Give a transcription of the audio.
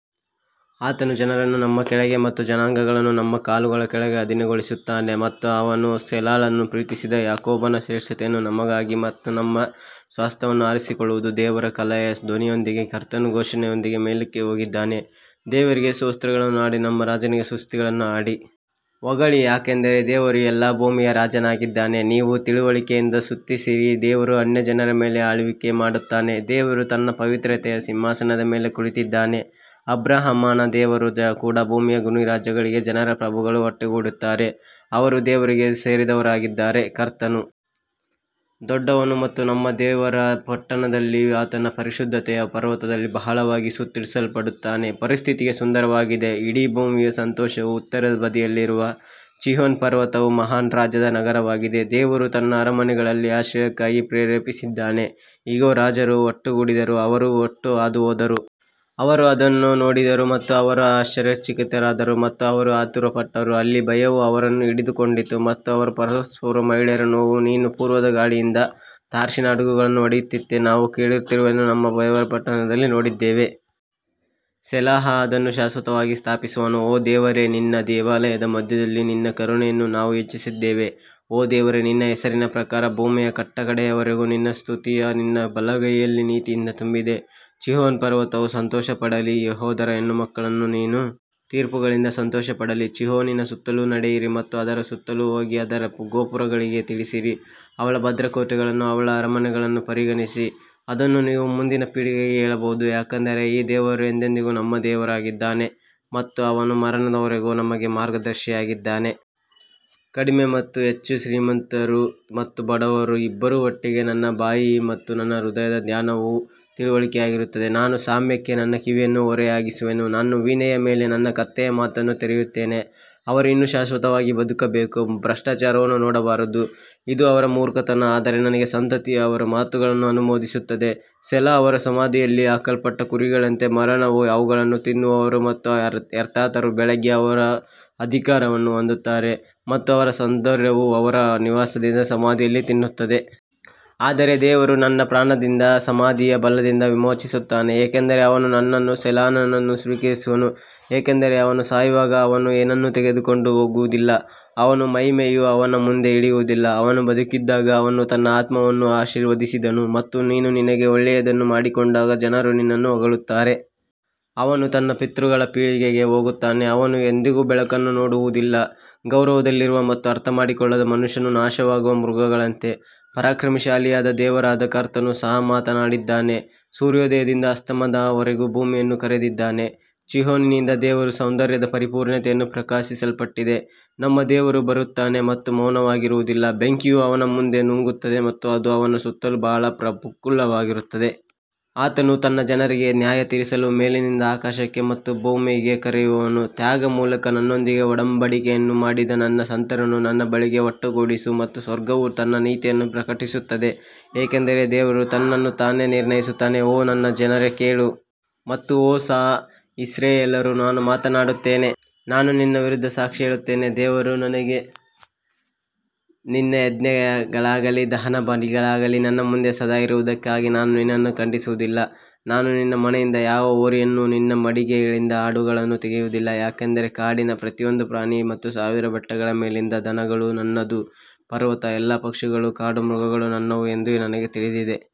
ಆತನು ಜನರನ್ನು ನಮ್ಮ ಕೆಳಗೆ ಮತ್ತು ಜನಾಂಗಗಳನ್ನು ನಮ್ಮ ಕಾಲುಗಳ ಕೆಳಗೆ ಅಧೀನಗೊಳಿಸುತ್ತಾನೆ ಆತನು ಸೇಲಾಳನ್ನು ಪ್ರೀತಿಸಿದ ಯಾಕೋಬನ ಶ್ರೇಷ್ಠತೆಯನ್ನು ನಮಗಾಗಿ ನಮ್ಮ ಸ್ವಾಸ್ತ್ಯವನ್ನು ಆರಿಸಿಕೊಳ್ಳುವನು ದೇವರು ಕಹಳೆಯ ಧ್ವನಿಯೊಂದಿಗೆ ಕರ್ತನು ಘೋಷಣೆಯೊಂದಿಗೆ ಮೇಲಕ್ಕೆ ಹೋಗಿದ್ದಾನೆ ದೇವರಿಗೆ ಸ್ತೋತ್ರಗಳನ್ನು ಹಾಡಿ ನಮ್ಮ ರಾಜನಿಗೆ ಸ್ತುತಿಗಳನ್ನು ಹಾಡಿ ಹೊಗಳಿ ಯಾಕಂದರೆ ದೇವರು ಎಲ್ಲಾ ಭೂಮಿಯ ರಾಜನಾಗಿದ್ದಾನೆ, ನೀವು ತಿಳುವಳಿಕೆಯಿಂದ ಸ್ತುತಿಸಿರಿ ದೇವರು ಅನ್ಯಜನರ ಮೇಲೆ ಆಳ್ವಿಕೆ ಮಾಡುತ್ತಾನೆ ದೇವರು ತನ್ನ ಪವಿತ್ರತೆಯ ಸಿಂಹಾಸನದ ಮೇಲೆ ಕುಳಿತಿದ್ದಾನೆ ಅಬ್ರಹಾಮನ ದೇವರ ಜನರು ಕೂಡ ಭೂಮಿಯ ಗುರಾಣಿಗಳಿಗಾಗಿ ಜನರ ಪ್ರಭುಗಳು ಒಟ್ಟುಗೂಡುತ್ತಾರೆ, ಅವರು ದೇವರಿಗೆ ಸೇರಿದವರಾಗಿದ್ದಾರೆ ಕರ್ತನು ದೊಡ್ಡವನು ಮತ್ತು ನಮ್ಮ ದೇವರ ಪಟ್ಟಣದಲ್ಲಿ ಆತನ ಪರಿಶುದ್ಧತೆಯ ಪರ್ವತದಲ್ಲಿ ಬಹಳವಾಗಿ ಸ್ತುತಿಸಲ್ಪಡುತ್ತಾನೆ ಪರಿಸ್ಥಿತಿಗೆ ಸುಂದರವಾಗಿದೆ ಇಡೀ ಭೂಮಿಯ ಸಂತೋಷವು ಉತ್ತರದ ಬದಿಯಲ್ಲಿರುವ ಚೀಯೋನ್ ಪರ್ವತವು ಮಹಾನ್ ರಾಜನ ನಗರವಾಗಿದೆ ದೇವರು ತನ್ನ ಅರಮನೆಗಳಲ್ಲಿ ಆಶ್ರಯಕ್ಕಾಗಿ ಪ್ರಸಿದ್ಧನಾಗಿದ್ದಾನೆ ಇಗೋ, ರಾಜರು ಒಟ್ಟುಗೂಡಿದರು, ಅವರು ಒಟ್ಟಿಗೆ ಹಾದುಹೋದರು ಅವರು ಅದನ್ನು ನೋಡಿದರು ಮತ್ತು ಅವರು ಆಶ್ಚರ್ಯಚಕಿತರಾದರು ಮತ್ತು ಅವರು ಆತುರಪಟ್ಟರು ಅಲ್ಲಿ ಭಯವು ಅವರನ್ನು ಹಿಡಿದಿಟ್ಟುಕೊಂಡಿತು ಮತ್ತು ಪ್ರಸವಪೂರ್ವ ಮಹಿಳೆಯ ನೋವು ನೀನು ಪೂರ್ವದ ಗಾಳಿಯಿಂದ ತಾರ್ಷೀಷಿನ ಹಡಗುಗಳನ್ನು ಒಡೆಯುತ್ತೀ ನಾವು ಕೇಳಿರುವಂತೆಯೇ ನಮ್ಮ ದೇವರ ಪಟ್ಟಣದಲ್ಲಿರುವ ಸೈನ್ಯಗಳ ಕರ್ತನ ಪಟ್ಟಣದಲ್ಲಿ ನಾವು ನೋಡಿದ್ದೇವೆ ಸೆಲಾಹ್ ಅದನ್ನು ಶಾಶ್ವತವಾಗಿ ಸ್ಥಾಪಿಸುವನು ಓ ದೇವರೇ, ನಿನ್ನ ದೇವಾಲಯದ ಮಧ್ಯದಲ್ಲಿ ನಿನ್ನ ಕರುಣೆಯನ್ನು ನಾವು ಯೋಚಿಸಿದ್ದೇವೆ ಓ ದೇವರೇ ನಿನ್ನ ಹೆಸರಿನ ಪ್ರಕಾರ ಭೂಮಿಯ ಕಟ್ಟಕಡೆಯ ವರೆಗೂ ನಿನ್ನ ಸ್ತುತಿಯು ನಿನ್ನ ಬಲಗೈಯು ನೀತಿಯಿಂದ ತುಂಬಿದೆ ಚೀಯೋನ್ ಪರ್ವತವು ಸಂತೋಷಪಡಲಿ, ಯೆಹೂದದ ಹೆಣ್ಣುಮಕ್ಕಳು ನಿನ್ನ ತೀರ್ಪುಗಳಿಂದ ಸಂತೋಷಪಡಲಿ ಚೀಯೋನಿನ ಸುತ್ತಲೂ ನಡೆಯಿರಿ ಮತ್ತು ಅದರ ಸುತ್ತಲೂ ಹೋಗಿ ಅದರ ಗೋಪುರಗಳಿಗೆ ತಿಳಿಸಿರಿ ಅವಳ ಭದ್ರಕೋಟೆಗಳನ್ನು ಅವಳ ಅರಮನೆಗಳನ್ನು ಪರಿಗಣಿಸಿ, ಅದನ್ನು ನೀವು ಮುಂದಿನ ಪೀಳಿಗೆಗೆ ಹೇಳಬಹುದು ಯಾಕಂದರೆ ಈ ದೇವರು ಎಂದೆಂದಿಗೂ ನಮ್ಮ ದೇವರಾಗಿದ್ದಾನೆ ಮತ್ತು ಅವನು ಮರಣದವರೆಗೂ ನಮಗೆ ಮಾರ್ಗದರ್ಶಿಯಾಗಿದ್ದಾನೆ ಕಡಿಮೆ ಮತ್ತು ಹೆಚ್ಚು ಶ್ರೀಮಂತರು ಮತ್ತು ಬಡವರು ಇಬ್ಬರೂ ಒಟ್ಟಿಗೆ ನನ್ನ ಬಾಯಿ ಬುದ್ಧಿವಂತಿಕೆಯ ಬಗ್ಗೆ ಮಾತನಾಡುವದು ಮತ್ತು ನನ್ನ ಹೃದಯದ ಧ್ಯಾನವು ತಿಳುವಳಿಕೆಯಾಗಿರುತ್ತದೆ ನಾನು ಸಾಮ್ಯಕ್ಕೆ ನನ್ನ ಕಿವಿಯನ್ನು ಓರೆಯಾಗಿಸುವೆನು, ನಾನು ವೀಣೆಯ ಮೇಲೆ ನನ್ನ ಕತ್ತಲೆಯ ಮಾತನ್ನು ತೆರೆಯುತ್ತೇನೆ ಅವರು ಇನ್ನೂ ಶಾಶ್ವತವಾಗಿ ಬದುಕಬೇಕು ಮತ್ತು ಭ್ರಷ್ಟಾಚಾರವನ್ನು ನೋಡಬಾರದು ಇದು ಅವರ ಮೂರ್ಖತನ ಆದರೆ ಅವರ ಸಂತತಿಯು ಅವರ ಮಾತುಗಳನ್ನು ಅನುಮೋದಿಸುತ್ತದೆ ಸೆಲಾ ಅವರು ಸಮಾಧಿಯಲ್ಲಿ ಹಾಕಲ್ಪಟ್ಟ ಕುರಿಗಳಂತೆ ಮರಣವು ಅವುಗಳನ್ನು ತಿನ್ನುವರು ಮತ್ತು ಯಥಾರ್ಥವಂತರು ಬೆಳಿಗ್ಗೆ ಅವರ ಮೇಲೆ ಅಧಿಕಾರವನ್ನು ಹೊಂದುತ್ತಾರೆ ಮತ್ತು ಅವರ ಸೌಂದರ್ಯವು ಅವರ ನಿವಾಸದಿಂದ ಸಮಾಧಿಯಲ್ಲಿ ತಿನ್ನುತ್ತದೆ. ಆದರೆ ದೇವರು ನನ್ನ ಪ್ರಾಣವನ್ನು ಸಮಾಧಿಯ ಬಲದಿಂದ ವಿಮೋಚಿಸುತ್ತಾನೆ ಏಕೆಂದರೆ ಅವನು ನನ್ನನ್ನು ಸೆಲಾನನ್ನು ಸ್ವೀಕರಿಸುವನು ಯಾಕಂದರೆ ಅವನು ಸಾಯುವಾಗ ಅವನು ಏನನ್ನೂ ತೆಗೆದುಕೊಂಡು ಹೋಗುವುದಿಲ್ಲ, ಅವನ ಮಹಿಮೆಯು ಅವನ ಹಿಂದೆ ಇಳಿಯುವುದಿಲ್ಲ ಅವನು ಬದುಕಿದ್ದಾಗ ಅವನು ತನ್ನ ಆತ್ಮವನ್ನು ಆಶೀರ್ವದಿಸಿದನು ಮತ್ತು ನೀನು ನಿನಗೆ ಒಳ್ಳೆಯದನ್ನು ಮಾಡಿಕೊಂಡಾಗ ಜನರು ನಿನ್ನನ್ನು ಹೊಗಳುತ್ತಾರೆ. ಅವನು ತನ್ನ ಪಿತೃಗಳ ಪೀಳಿಗೆಗೆ ಹೋಗುತ್ತಾನೆ, ಅವರು ಎಂದಿಗೂ ಬೆಳಕನ್ನು ನೋಡುವುದಿಲ್ಲ ಗೌರವದಲ್ಲಿರುವ ಮತ್ತು ಅರ್ಥಮಾಡಿಕೊಳ್ಳದ ಮನುಷ್ಯನು ನಾಶವಾಗುವ ಮೃಗಗಳಂತೆ ಪರಾಕ್ರಮಶಾಲಿಯಾದ ದೇವರಾದ ಕರ್ತನು ಸಹ ಮಾತನಾಡಿದ್ದಾನೆ ಮತ್ತು ಸೂರ್ಯೋದಯದಿಂದ ಅಸ್ತಮಾನದವರೆಗೆ ಭೂಮಿಯನ್ನು ಕರೆದಿದ್ದಾನೆ ಚೀಯೋನಿನಿಂದ ದೇವರು ಸೌಂದರ್ಯದ ಪರಿಪೂರ್ಣತೆಯು ಪ್ರಕಾಶಿಸಲ್ಪಟ್ಟಿದೆ ನಮ್ಮ ದೇವರು ಬರುತ್ತಾನೆ ಮತ್ತು ಮೌನವಾಗಿರುವುದಿಲ್ಲ, ಬೆಂಕಿಯು ಅವನ ಮುಂದೆ ನುಂಗುತ್ತದೆ ಮತ್ತು ಅದು ಅವನ ಸುತ್ತಲೂ ಬಹಳ ಪ್ರಕ್ಷುಬ್ಧವಾಗಿರುತ್ತದೆ. ಆತನು ತನ್ನ ಜನರಿಗೆ ನ್ಯಾಯತೀರಿಸಲು ಮೇಲಿನಿಂದ ಆಕಾಶಕ್ಕೆ ಮತ್ತು ಭೂಮಿಗೆ ಕರೆಯುವನು ತ್ಯಾಗದ ಮೂಲಕ ನನ್ನೊಂದಿಗೆ ಒಡಂಬಡಿಕೆಯನ್ನು ಮಾಡಿದ ನನ್ನ ಸಂತರನ್ನು ನನ್ನ ಬಳಿಗೆ ಒಟ್ಟುಗೂಡಿಸು ಮತ್ತು ಸ್ವರ್ಗವು ತನ್ನ ನೀತಿಯನ್ನು ಪ್ರಕಟಿಸುತ್ತದೆ ಏಕೆಂದರೆ ದೇವರು ತನ್ನನ್ನು ತಾನೇ ನಿರ್ಣಯಿಸುತ್ತಾನೆ. ಓ ನನ್ನ ಜನರೇ ಕೇಳು ಮತ್ತು ಓ ಇಸ್ರಾಯೇಲ್ಯರೇ ನಾನು ಮಾತನಾಡುತ್ತೇನೆ ಮತ್ತು ನಾನು ನಿನ್ನ ವಿರುದ್ಧ ಸಾಕ್ಷಿ ಹೇಳುತ್ತೇನೆ ನಾನು ದೇವರು ನಿನ್ನ ದೇವರು ನಿನ್ನ ಯಜ್ಞಗಳಾಗಲಿ ದಹನಬಲಿಗಳಾಗಲಿ ನನ್ನ ಮುಂದೆ ಸದಾ ಇರುವದಕ್ಕಾಗಿ ನಾನು ನಿನ್ನನ್ನು ಖಂಡಿಸುವುದಿಲ್ಲ ನಾನು ನಿನ್ನ ಮನೆಯಿಂದ ಯಾವ ಹೋರಿಯನ್ನೂ ನಿನ್ನ ಮಡಿಗಳಿಂದ ಆಡುಗಳನ್ನೂ ತೆಗೆಯುವುದಿಲ್ಲ ಯಾಕಂದರೆ ಕಾಡಿನ ಪ್ರತಿಯೊಂದು ಪ್ರಾಣಿ ಮತ್ತು ಸಾವಿರ ಬೆಟ್ಟಗಳ ಮೇಲಿನ ದನಗಳು ನನ್ನದು ಪರ್ವತಗಳ ಎಲ್ಲಾ ಪಕ್ಷಿಗಳು ಮತ್ತು ಕಾಡು ಮೃಗಗಳು ನನ್ನವು ಎಂದು ನನಗೆ ತಿಳಿದಿದೆ.